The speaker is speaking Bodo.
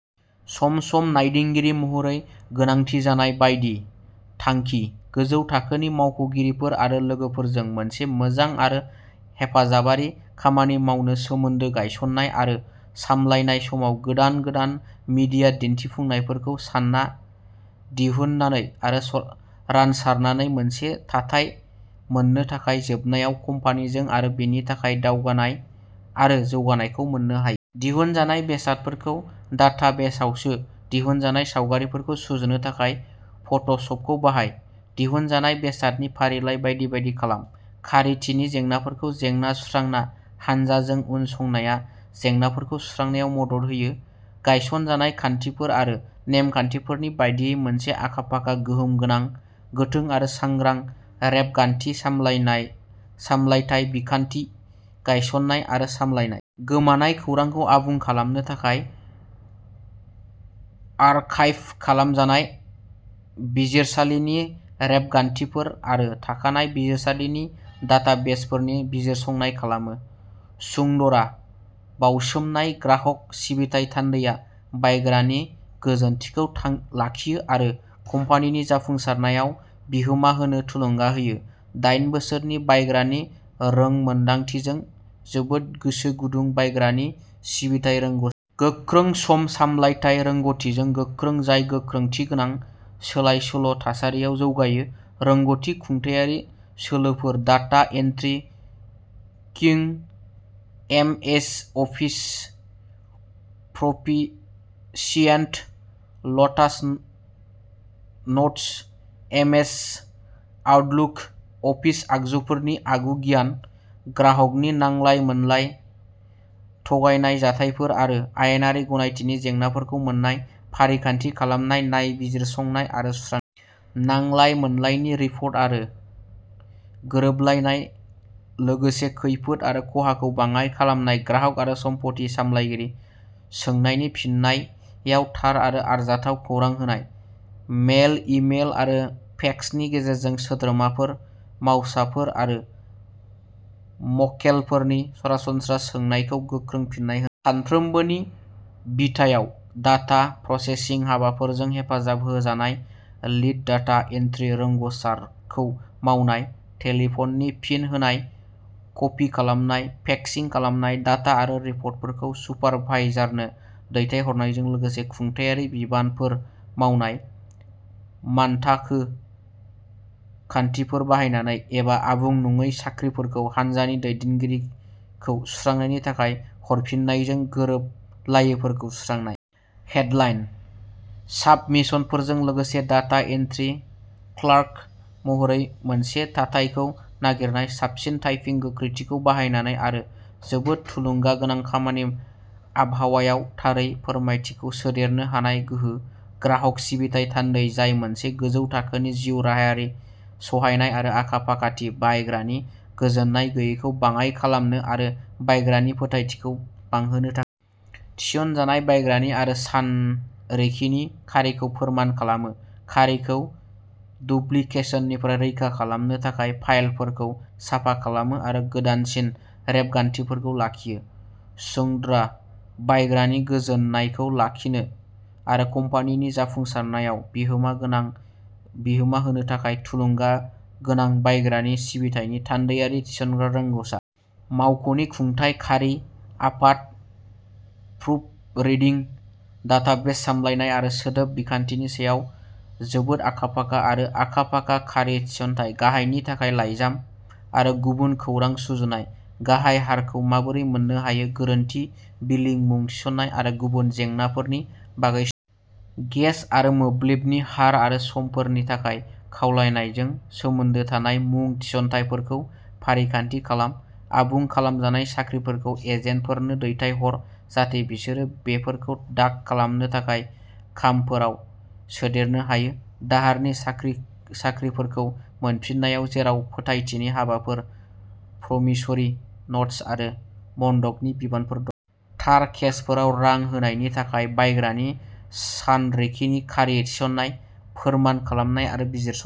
सम-सम नायदिंगिरि महरै गोनांथि जानाय बायदि। थांखि गोजौ थाखोनि मावख'गिरिफोर आरो लोगोफोरजों मोनसे मोजां आरो हेफाजाबारि खामानि मावनाय सोमोन्दो गायसन्नाय आरो सामलायनाय समाव गोदान गोदान मिडिया दिन्थिफुंनायफोरखौ सानना, दिहुननानै आरो रानसारनानै मोनसे थाथाय मोन्नो थाखाय जोबनायाव कम्पानिजों आरो बेनि थाखाय दावगानाय आरो जौगानायखौ मोन्नो हायो। दिहुनजानाय बेसादफोरखौ डाटाबेसावसो दिहुनजानाय सावगारिफोरखौ सुजुनो थाखाय फट'शपखौ बाहाय, दिहुनजानाय बेसादनि फारिलाइ बायदि बायदि खालाम। खारिथिनि जेंनाफोरखौ जेंना सुस्रांना, हान्जाजों उनसंनाया जेंनाफोरखौ सुस्रांनायाव मदद होयो। गायसनजानाय खान्थिफोर आरो नेमखान्थिफोरनि बायदियै मोनसे आखा-फाखा, गोहोम गोनां, गोथों आरो सांग्रां रेबगान्थि सामलायथाय बिखान्थि गायसन्नाय आरो सामलायनाय। गोमानाय खौरांखौ आबुं खालामनो थाखाय आर्काइभ खालामजानाय बिजिरसालिनि रेबगान्थिफोर आरो थाखानाय बिजिरसालिनि डाटाबेसफोरनि बिजिरसंनाय खालामो। सुंदरा बावसोमनाय ग्राहक सिबिथाइ थान्दैआ बायग्रानि गोजोनथिखौ लाखिनो आरो कम्पानिनि जाफुंसारनायाव बिहोमा होनो थुलुंगा होयो। दाइन बोसोरनि बायग्रानि रोंमोनदांथिजों जोबोद गोसो गुदुं बायग्रानि सिबिथाइ रोंग'सा। गोख्रों सम सामलायथाय रोंग'थिजों गोख्रों जाय गोख्रैथि गोनां, सोलायसोल' थासारियाव जौगायो। रोंग'थि खुंथायारि सोलोफोर डाटा एन्ट्रि किइं, MS Office proficient, Lotus Notes, MS Outlook, office आगजुफोरनि आगु गियान। ग्राहकनि नांलाय-मोनलाय, थगायनाय जाथायफोर आरो आयेनारि गनायथिनि जेंनाफोरखौ मोन्नाय, फारिखान्थि खालामनाय, नायबिजिरसंनाय आरो सुस्रांनाय। नांलाय मोनलायनि रिपर्ट आरो गोरोबलायनाय लोगोसे खैफोद आरो खहाखौ बाङाइ खालामनाय ग्राहक आरो सम्पथि सामलायगिरि सोंनायनि फिननायाव थार आरो आरजाथाव खौरां होनाय। मेल, इ-मेल आरो फेक्सनि गेजेरजों सोद्रोमाफोर, मावसाफोर आरो मक्केलफोरनिफ्राय सरासनस्रा सोंनायखौ गोख्रै फिननाय होनाय। सानफ्रोमबोनि बिथायाव डाटा प्रसेसिं हाबाफोरजों हेफाजाब होजानाय लीड डाटा एन्ट्रि रोंग'सारखौ मावनाय। टेलिफ'ननि फिन होनाय, कपि खालामनाय, फेक्सिं खालामनाय, डाटा आरो रिपर्टफोरखौ सुपारभाइजारनो दैथायहरनायजों लोगोसे खुंथायारि बिबानफोर मावनाय। मानथाखो खान्थिफोर बाहायनानै एबा आबुं नङै खाख्रिफोरखौ हानजानि दैदेनगिरिखौ सुस्रांनायनि थाखाय हरफिन्नायजों गोरोबलायैफोरखौ सुस्रांनाय। हेडलाइन साबमिशनफोरजों लोगोसे डाटा एन्ट्रि क्लार्क महरै मोनसे थाथायखौ नागिरनाय, साबसिन टाइपिं गोख्रैथिखौ बाहायनानै आरो जोबोद थुलुंगागोनां खामानि आबहावायाव थारै फोरमायथिखौ सोदेरनो हानाय गोहो। ग्राहक सिबिथाइ थान्दै जाय मोनसे गोजौ थाखोनि जिउ राहायारि, सहायनाय आरो आखा-फाखाथि, बायग्रानि गोजोन्नाय गैयैखौ बाङाइ खालामनो आरो बायग्रानि फोथायथिखौ बांहोनो थाखाय। थिसनजानाय बायग्रानि आरो सानरिखिनि खारिखौ फोरमान खालामो, खारिखौ डुप्लिकेशननिफ्राय रैखा खालामनो थाखाय फाइलफोरखौ साफा खालामो आरो गोदानसिन रेबगान्थिफोरखौ लाखियो। सुंदरा बायग्रानि गोजोननायखौ लाखिनो आरो कम्पानिनि जाफुंसारनायाव बिहोमा होनो थाखाय थुलुंगा गोनां बायग्रानि सिबिथायनि थान्दैयारि थिसनग्रा रोंग'सा। मावख'नि खुंथाय, खारि आफाद, प्रुफरिडिं, डाटाबेस सामलायनाय आरो सोदोब बिखान्थिनि सायाव जोबोद आखा-फाखा आरो आखा-फाखा खारि थिसनथाय। गाहायनि थाखाय लाइजाम आरो गुबुन खौरां सुजुनाय, गाहाय हारखौ माबोरै मोन्नो हायो, गोरोन्थि बिलिं मुं थिसननाय आरो गुबुन जेंनाफोरनि बागै सोंनाय। गेस आरो मोब्लिबनि हार आरो समफोरनि थाखाय खावलायनायजों सोमोन्दो थानाय मुं थिसनथायफोरखौ फारिखान्थि खालाम। आबुं खालामजानाय खाख्रिफोरखौ एजेन्टफोरनो दैथाय हर जाहाथे बिसोर बेफोरखौ डाक खालामनो थाखाय खामफोराव सोदेरनो हायो। दाहारनि खाख्रिफोरखौ मोनफिननाय, जेराव फोथायथिनि हाबाफोर, प्रमिसरि न'ट्स आरो बन्दकनि बिबानफोर दं। थार केसफोराव रां होनायनि थाखाय बायग्रानि सानरिखिनि खारि थिसननाय, फोरमान खालामनाय आरो बिजिरसंनाय।